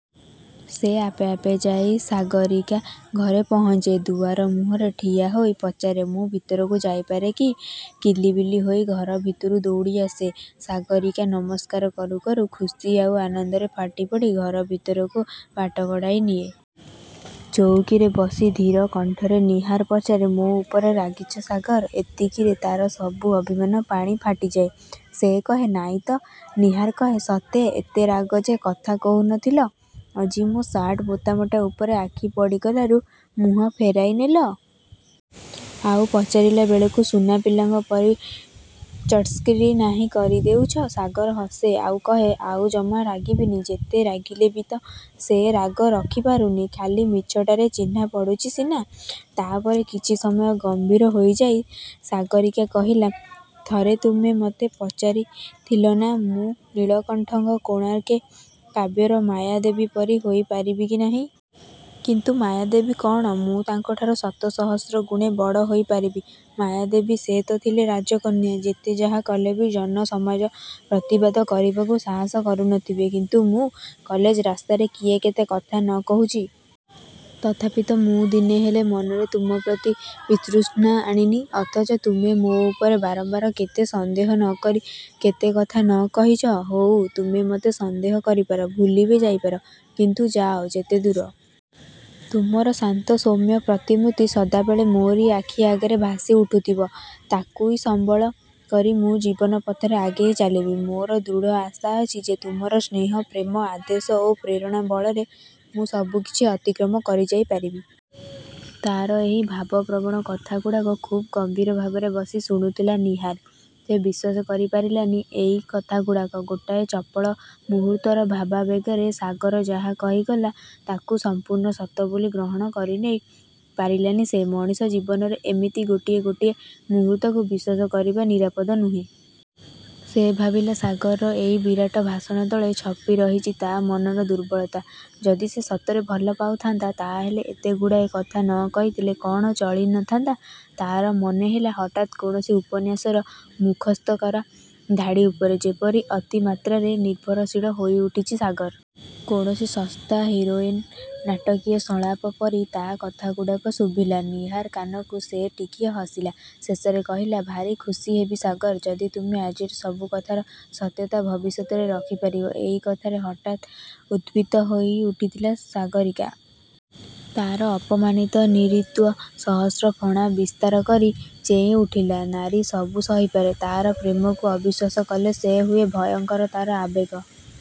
ସେ ଆପେ ଆପେ ଯାଇ ସାଗରୀକା ଘରେ ପହଞ୍ଚେ। ଦୁଆର ମୁହଁରେ ଠିଆହୋଇ ପଚାରେ-''ମୁଁ ଭିତରକୁ ଯାଇପାରେ କି? '' କିଲିବିଲି ହୋଇ ଘର ଭିତରୁ ଦୌଡ଼ି ଆସେ ସାଗରୀକା। ନମସ୍କାର କରୁ କରୁ ଖୁସି ଆଉ ଆନନ୍ଦରେ ଫାଟିପଡ଼ି ଘର ଭିତରକୁ ବାଟ କଢ଼ାଇ ନିଏ। ଚଉକିରେ ବସି ଧୀର କଣ୍ଠରେ ନୀହାର ପଚାରେ-''ମୋ ଉପରେ ରାଗିଛ ସାଗର। '' ଏତିକିର ତା'ର ସବୁ ଅଭିମାନ ପାଣି ଫାଟିଯାଏ। ସେ କହେ-''ନାଇଁ ତ? '' ନୀହାର କହେ-''ସତେ? ଏତେ ରାଗ ଯେ କଥା କହୁନଥିଲ। ଆଜି ମୋ ସାର୍ଟ ବୋତାମଟା ଉପରେ ଆଖି ପଡ଼ିଗଲାରୁ ମୁହଁ ଫେରାଇ ନେଲ। ଆଉ ପଚାରିଲା ବେଳକୁ ସୁନା ପିଲାଙ୍କ ପରି ଚଟ୍କରି ନାହିଁ କରିଦେଉଛ। '' ସାଗର ହସେ; ଆଉ କହେ-''ଆଉ ଜମା ରାଗିବିନି। '' ଯେତେ ରାଗିଲେ ବି ତ ସେ ରାଗ ରଖିପାରୁନି-ଖାଲି ମିଛଟାରେ ଚିହ୍ନା ପଡ଼ୁଛି ସିନା! ତା'ପରେ କିଛି ସମୟ ଗମ୍ଭୀର ହୋଇଯାଇ ସାଗରୀକା କହିଲା-ଥରେ ତୁମେ ମୋତେ ପଚାରିଥିଲନା; ମୁଁ ନୀଳକଣ୍ଠଙ୍କ 'କୋଣାର୍କେ' କାବ୍ୟର ମାୟାଦେବୀ ପରି ହୋଇପାରିବି କି ନାହିଁ? କିନ୍ତୁ ମାୟାଦେବୀ କ'ଣ, ମୁଁ ତାଙ୍କଠାରୁ ଶତ ସହସ୍ର ଗୁଣେ ବଡ଼ ହୋଇପାରିବି। ମାୟାଦେବୀ; ସେ ତ ଥିଲେ ରାଜକନ୍ୟା। ଯେତେ ଯାହା କଲେ ବି ଜନ ସମାଜ ପ୍ରତିବାଦ କରିବାକୁ ସାହସ କରୁନଥିବେ। କିନ୍ତୁ ମୁଁ? କଲେଜ ରାସ୍ତାରେ କିଏ କେତେ କଥା ନ କହୁଛି। ତଥାପି ତ ମୁଁ ଦିନେ ହେଲେ ମନରେ ତୁମପ୍ରତି ବିତୃଷ୍ଣା ଆଣିନି। ଅଥଚ ତୁମେ ମୋ ଉପରେ ବାରବାର କେତେ ସନ୍ଦେହ ନ କରି, କେତେ କଥା ନ କହିଛ। ହଉ ତୁମେ ମୋତେ ସନ୍ଦେହ କରିପାର। ଭୁଲି ବି ଯାଇପାର। କିନ୍ତୁ ଯାଅ ଯେତେଦୂର। ତୁମର ଶାନ୍ତ ସୌମ୍ୟ ପ୍ରତିମୂର୍ତ୍ତି ସଦାବେଳେ ମୋରି ଆଖି ଆଗରେ ଭାସି ଉଠୁଥିବ। ତାକୁଇ ସମ୍ବଳ କରି ମୁଁ ଜୀବନ ପଥରେ ଆଗେଇ ଚାଲିବି। ମୋର ଦୃଢ଼ ଆଶା ଅଛି ଯେ ତୁମର ସ୍ନେହ, ପ୍ରେମ, ଆଦେଶ ଓ ପ୍ରେରଣା ବଳରେ ମୁଁ ସବୁ କିଛି ଅତିକ୍ରମ କରିଯାଇପାରିବି। ତା'ର ଏହି ଭାବ ପ୍ରବଣ କଥାଗୁଡ଼ାକ ଖୁବ୍ ଗମ୍ଭୀର ଭାବରେ ବସି ଶୁଣୁଥିଲା ନୀହାର। ସେ ବିଶ୍ୱାସ କରିପାରିଲାନି ଏଇ କଥାଗୁଡ଼ାକ। ଗୋଟାଏ ଚପଳ ମୂହୂର୍ତ୍ତର ଭାବାବେଗରେ ସାଗର ଯାହା କହିଗଲା ତାକୁ ସମ୍ପୂର୍ଣ୍ଣ ସତ ବୋଲି ଗ୍ରହଣ କରିନେଇ ପାରିଲାନି ସେ। ମଣିଷ ଜୀବନରେ ଏମିତି ଗୋଟିଏ ଗୋଟିଏ ମୁହୂର୍ତ୍ତକୁ ବିଶ୍ୱାସ କରିବା ନିରାପଦ ନୁହେଁ। ସେ ଭାବିଲା ସାଗରର ଏଇ ବିରାଟ ଭାଷଣ ତଳେ ଛପି ରହିଛି ତା' ମନର ଦୁର୍ବଳତା। ଯଦି ସେ ସତରେ ଭଲ ପାଉଥାନ୍ତା ତା'ହେଲେ ଏତେଗୁଡ଼ାଏ କଥା ନ କହିଥିଲେ କ'ଣ ଚଳିନଥାନ୍ତା? ତା'ର ମନେହେଲା ହଠାତ୍ କୌଣସି ଉପନ୍ୟାସର ମୁଖସ୍ଥକରା ଧାଡ଼ି ଉପରେ ଯେପରି ଅତିମାତ୍ରାରେ ନିର୍ଭରଶୀଳ ହୋଇଉଠିଛି ସାଗର। କୌଣସି ଶସ୍ତା ହିରୋଇନ୍ର ନାଟକୀୟ ସଂଳାପ ପରି ତା' କଥାଗୁଡ଼ାକ ଶୁଭିଲା ନୀହାର କାନକୁ। ସେ ଟିକିଏ ହସିଲା। ଶେଷରେ କହିଲା-''ଭାରୀ ଖୁସି ହେବି-ସାଗର; ଯଦି ତୁମେ ଆଜିର ସବୁ କଥାର ସତ୍ୟତା ଭବିଷ୍ୟତରେ ରଖିପାରିବ। '' ଏଇ କଥାରେ ହଠାତ୍ ଉତ୍କ୍ଷିପ୍ତ ହୋଇଉଠିଥିଲା ସାଗରୀକା। ତା'ର ଅପମାନିତ ନାରୀତ୍ୱ ସହସ୍ର-ଫଣା ବିସ୍ତାର କରି ଚେଇଁ ଉଠିଲା। ନାରୀ ସବୁ ସହିପାରେ-ତା'ର ପ୍ରେମକୁ ଅବିଶ୍ୱାସ କଲେ ସେ ହୁଏ ଭୟଙ୍କର। ତା'ର ଆବେଗ